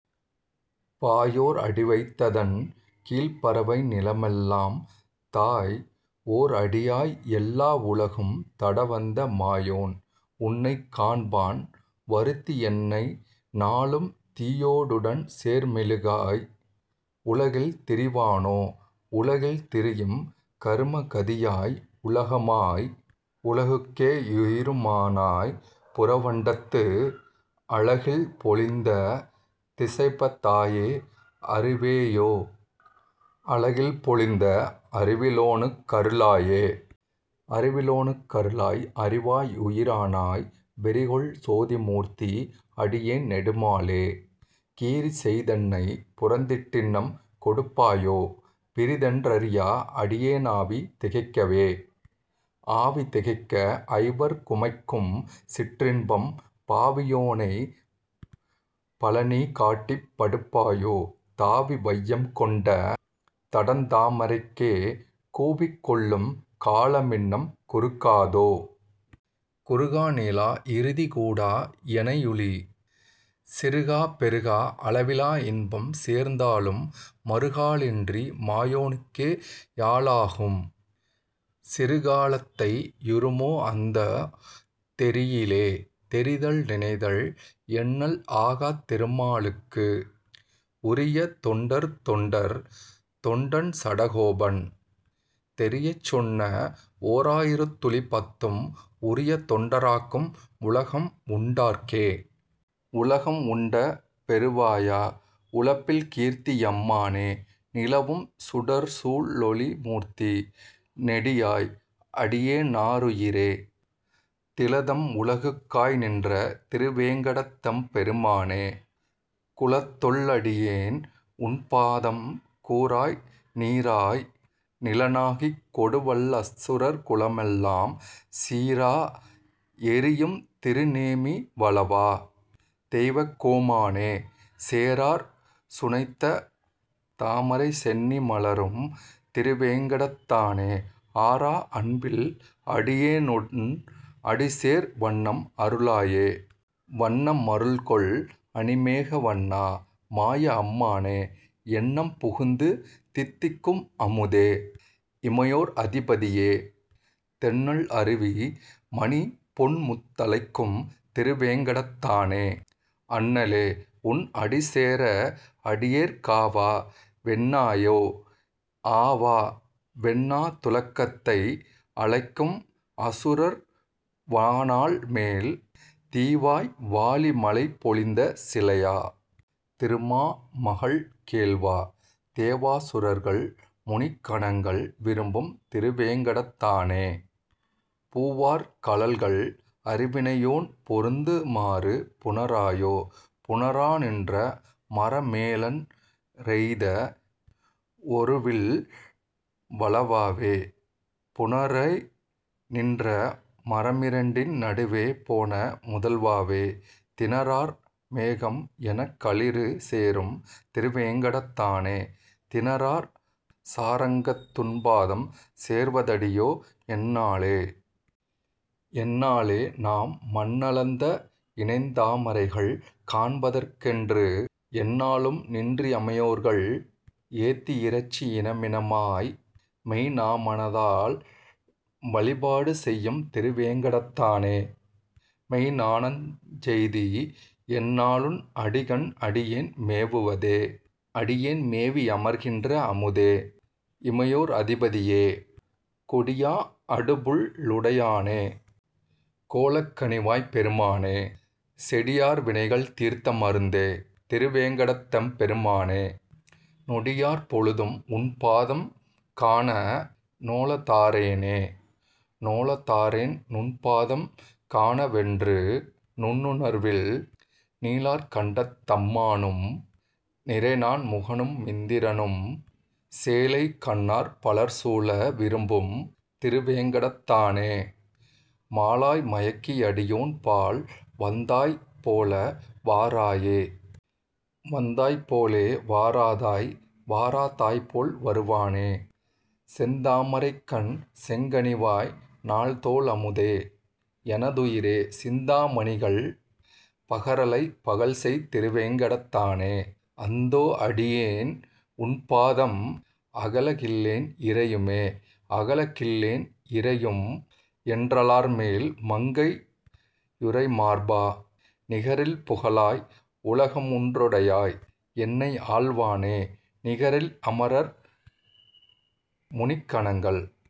பாயோர் அடிவைத் ததன்கீழ்ப் பரவை நிலமெல்லாம் தாய், ஓர் அடியாய் எல்லா வுலகும் தடவந்த மாயோன், உன்னைக் காண்பான் வருந்தி யெனைநாளும், தீயோடுடன்சேர் மெழுகாய் உலகில் திரிவேனோ?. உலகில் திரியும் கரும கதியாய் உலகமாய், உலகுக் கேயோ ருயிரு மானாய் புறவண்டத்து, அலகில் பொலிந்த திசைபத் தாய அருவேயோ, அலகில் பொலிந்த அறிவி லேனுக் கருளாயே.. அறிவி லேனுக் கருளாய் அறிவா ருயிரானாய், வெறிகொள் சோதி மூர்த்தி. அடியேன் நெடுமாலே, கிறிசெய் தென்னைப் புறதிட் டின்னம் கெடுப்பாயோ, பிறிதொன் றறியா அடியே னாவி திகைக்கவே?. ஆவி திகைக்க ஐவர் குமைக்கும் சிற்றின்பம், பாவி யேனைப் பலநீ காட்டிப் படுப்பாயோ, தாவி வையம் கொண்ட தடந்தா மரைகட்கே, கூவிக் கொள்ளும் கால மின்னம் குறுகாதோ?. குறுகா நீளா இறுதி கூடா எனையூழி, சிறுகா பெருகா அளவி லின்பம் சேர்ந்தாலும், மறுகா லின்றி மாயோ னுனக்கே யாளாகும், சிறுகா லத்தை யுறுமோ அந்தோ தெரியிலே? தெரிதல் நினைதல் எண்ணல் ஆகாத் திருமாலுக்கு, உரிய தொண்டர் தொண்டர் தொண்டன் சடகோபன், தெரியச் சொன்ன ஓரா யிரத்து ளிப்பத்தும் உரிய தொண்ட ராக்கும் உலகம் உண்டாற்கே. உலகம் உண்ட பெருவாயா. உலப்பில் கீர்த்தி யம்மானே, நிலவும் சுடர்சூ ழொளிமூர்த்தி. நெடியாய். அடியே னாருயிரே, திலதம் உலகுக் காய்நின்ற திருவேங் கடத்தெம் பெருமானே, குலதொல் லடியேன் உன்பாதம் கூறாய் நீறாய் நிலனாகிக் கொடுவல் லசுரர் குலமெல்லாம் சீறா எறியும் திருநேமி வலவா. தெய்வக் கோமானே, சேறார் சுனைத்தா மரைசெந்தீ மலரும் திருவேங் கடத்தானே, ஆறா அன்பில் அடியேனுன் அடிசேர் வண்ணம் அருளாயே.. வண்ண மருள்கொள் அணிமேக வண்ணா. மாய அம்மானே, எண்ணம் புகுந்து தித்திக்கும் அமுதே. இமையோர் அதிபதியே, தெண்ணல் அருவி மணிபொன்முத் தலைக்கும் திருவேங் கடத்தானே, அண்ண லே. உன் அடிசேர அடியேற் காவா வென்னாயே.. ஆவா வென்னா துலகத்தை அலைக்கும் அசுரர் வாணாள்மேல், தீவாய் வாளி மழைபொழிந்த சிலையா. திருமா மகள்கேள்வா, தேவா சுரர்கள் முனிக்கணங்கள் விரும்பும் திருவேங் கடத்தானே, பூவார் கழல்கள் அருவினையேன் பொருந்து மாறு புணராயே.. புணரா நின்ற மரமேழன் றெய்த வொருவில் வலவாவோ, புணரேய் நின்ற மரமிரண்டின் நடுவே போன முதல்வாவோ, திணரார் மேகம் எனக்களிறு சேரும் திருவேங் கடத்தானே, திணரார் சார்ங்கத் துன்பாதம் சேர்வ தடியே னெந்நாளே?. எந்நா ளேநாம் மண்ணளந்த இணைத்தா மரைகள் காண்பதற்கெ ன்று, எந்நா ளும்நின் றிமையோர்கள் ஏத்தி யிறைஞ்சி யினமினமாய், மெய்ந்நா மனத்தால் வழிபாடு செய்யும் திருவேங் கடத்தானே, மெய்ந்நா னெய்தி யெந்நாளுன் அடிக்கண் அடியேன் மேவுவதே?. அடியேன் மேவி யமர்கின்ற அமுதே. இமையோர் அதிபதியே, கொடியா அடுபுள் ளுடையானே. கோலக் கனிவாய்ப் பெருமானே, செடியார் வினைகள் தீர்மருந்தே. திருவேங் கடத்தெம் பெருமானே, நொடியார் பொழுதும் உன்பாதம் காண நோலா தாற்றேனே.. நோலா தாற்றேன் நுன்பாதம் காண வென்று நுண்ணுணர்வில், நீலார் கண்டத் தம்மானும் நிறைநான் முகனு மிந்திரனும், சேலேய் கண்ணார் பலர்சூழ விரும்பும் திருவேங் கடத்தானே, மாலாய் மயக்கி யடியேன்பால் வந்தாய் போல வாராயே.. வந்தாய் போலே வாராதாய். வாரா தாய்போல் வருவானே, செந்தா மரைக்கண் செங்கனிவாய் நால்தோ ளமுதே. எனதுயிரே, சிந்தா மணிகள் பகரல்லைப் பகல்செய் திருவேங் கடத்தானே, அந்தோ. அடியேன் உன்பாதம் அகல கில்லேன் இறையுமே.. அகல கில்லேன் இறையும் என் றலர்மேல் மங்கை யுறைமார்பா, நிகரில் புகழாய். உலகமூன் றுடையாய். என்னை ஆள்வானே, நிகரில் அமரர் முனிக்கணங்கள்